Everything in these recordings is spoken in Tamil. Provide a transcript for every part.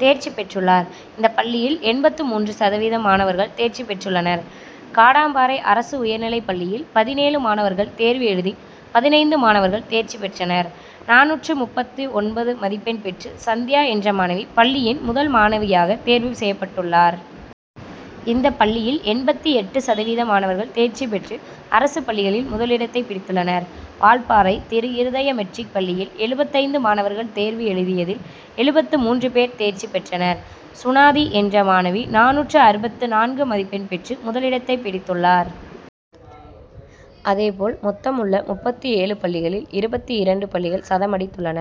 தேர்ச்சி பெற்றுள்ளார். இந்த பள்ளியில் எண்பத்து மூன்று சதவீதம் மாணவர்கள் தேர்ச்சி பெற்றுள்னர். காடம்பாறை அரசு உயர்நிலைப்பள்ளியில் பதினேழு மாணவர்கள் தேர்வு எழுதி பதினைந்து மாணவர்கள் தேர்ச்சி பெற்றனர். நானூற்று முப்பத்து ஒன்பது மதிப்பெண் பெற்று சந்தியா என்ற மாணவி பள்ளியின் முதல் மாணவியாக தேர்வு செய்யப் பட்டுள்ளார். இந்த பள்ளியில் எண்பத்து எட்டு சதவீதம் மாணவர்கள் தேர்ச்சி பெற்று அரசு பள்ளிகளில் முதலிடத்தை பிடித்துள்ளனர். வால்பாறை திருஇருதய மெட்ரிக் பள்ளியில் எழுபத்தைந்து மாணவர்கள் தேர்வு எழுதியதில், எழுபத்து மூன்று பேர் தேர்ச்சி பெற்றனர். சுனாதி என்ற மாணவி நானூற்று அறுபத்து நான்கு மதிப்பெண் பெற்று முதலிடத்தை பிடித்துள்ளார். அதேபோல், மொத்தமுள்ள முப்பத்து ஏழு பள்ளிகளில் இருபத்து இரண்டு பள்ளிகள் சதம் அடித்துள்ளன.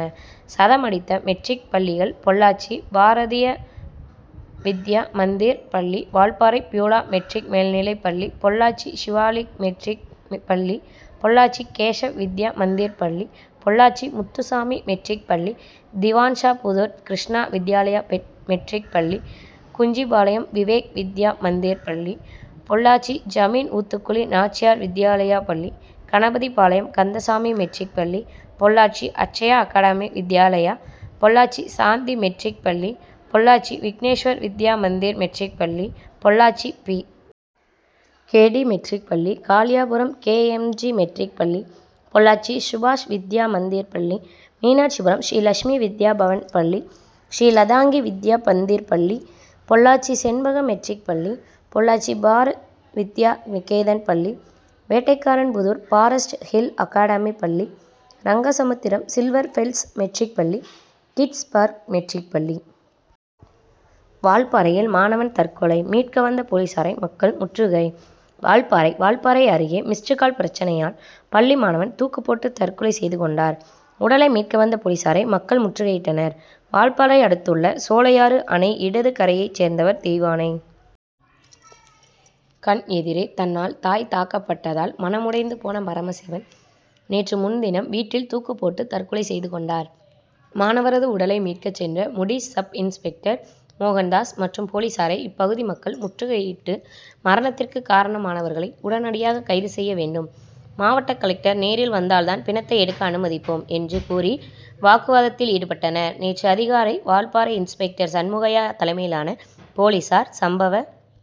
சதம் அடித்த மெட்ரிக் பள்ளிகள் பொள்ளாச்சி பாரதிய வித்யா மந்திர் பள்ளி, வால்பாறை பியூலா மெட்ரிக் மேல்நிலைப்பள்ளி, பொள்ளாச்சி சிவாலிக் மெட்ரிக் பள்ளி, பொள்ளாச்சி கேசவ் வித்யா மந்திர் பள்ளி, பொள்ளாச்சி முத்துசாமி மெட்ரிக் பள்ளி, திவான்சாபுதூர் கிருஷ்ணா வித்யாலயா மெட்ரிக் பள்ளி, குஞ்சிபாளையம் விவேக் வித்யா மந்திர் பள்ளி, பொள்ளாச்சி ஜமீன்ஊத்துக்குளி நாச்சியார் வித்யாலயா பள்ளி, கணபதிபாளையம் கந்தசாமி மெட்ரிக் பள்ளி, பொள்ளாச்சி அட்சயா அகாடமி வித்யாலயா, பொள்ளாச்சி சாந்தி மெட்ரிக் பள்ளி, பொள்ளாச்சி விக்னேஷ்வர் வித்யா மந்திர் மெட்ரிக் பள்ளி, Pollachi P. K. D., matric பள்ளி, Kaliyapuram K. M. G., matric பள்ளி, பொள்ளாச்சி சுபாஷ் வித் யா மந்திர் பள்ளி, மீனாட்சிபுரம் ஸ்ரீலட் சுமி வித்யா பவன் பள்ளி, ஸ்ரீ லதாங்கி வித்யா மந்திர் பள்ளி, பொள்ளாச்சி செண் பகம் மெட்ரிக் பள்ளி, பொள்ளாச்சி பரத் வித்யா நிகேதன் பள்ளி, வேட்டைக்காரன்புதூர் பாரஸ்ட் ஹில் அகாடமி பள்ளி, ரங்கசமுத்திரம் சில்வர் பெல்ஸ் மெட்ரிக் பள்ளி, கிட்ஸ் பர்க் மெட்ரிக் பள்ளி. வால்பாறையில் மாணவன் தற்கொலை மீட்க வந்த போலீசாரை மக்கள் முற்றுகை வால்பாறை வால்பாறை அருகே மிஸ்டுகால்' பிரச்னையால் பள்ளி மாணவன் தூக்கு போட்டு தற்கொலை செய்துகொண்டார். உடலை மீட்க வந்த போலீசாரை மக்கள் முற்றுகையிட்டனர். வால்பாறை அடுத்துள்ளது சோலையாறு அணை இடது கரையை சேர்ந்தவர் தெய்வானை. கண் எதிரே தன்னால் தாய் தாக்கப்பட்டதால் மனம் உடைந்த போன பரமசிவன், நேற்றுமுன்தினம் வீட்டில் தூக்கு போட்டு தற்கொலை செய்து கொண்டார். மாணவரது உடலை மீட்க சென்ற முடீஸ் சப்-இன்ஸ்பெக்டர் மோகன்தாஸ் மற்றும் போலீசாரை இப்பகுதி மக்கள் முற்றுகையிட்டு, மரணத்திற்கு காரணமானவர்களை உடனடியாக கைது செய்ய வேண்டும், மாவட்ட கலெக்டர் நேரில் வந்தால் தான் பிணத்தை எடுக்க அனுமதிப்போம் என்று கூறி வாக்குவாதத்தில் ஈடுபட்டனர். நேற்று அதிகாலை வால்பாறை இன்ஸ்பெக்டர் சண்முகையா தலைமையிலான போலீசார் சம்பவ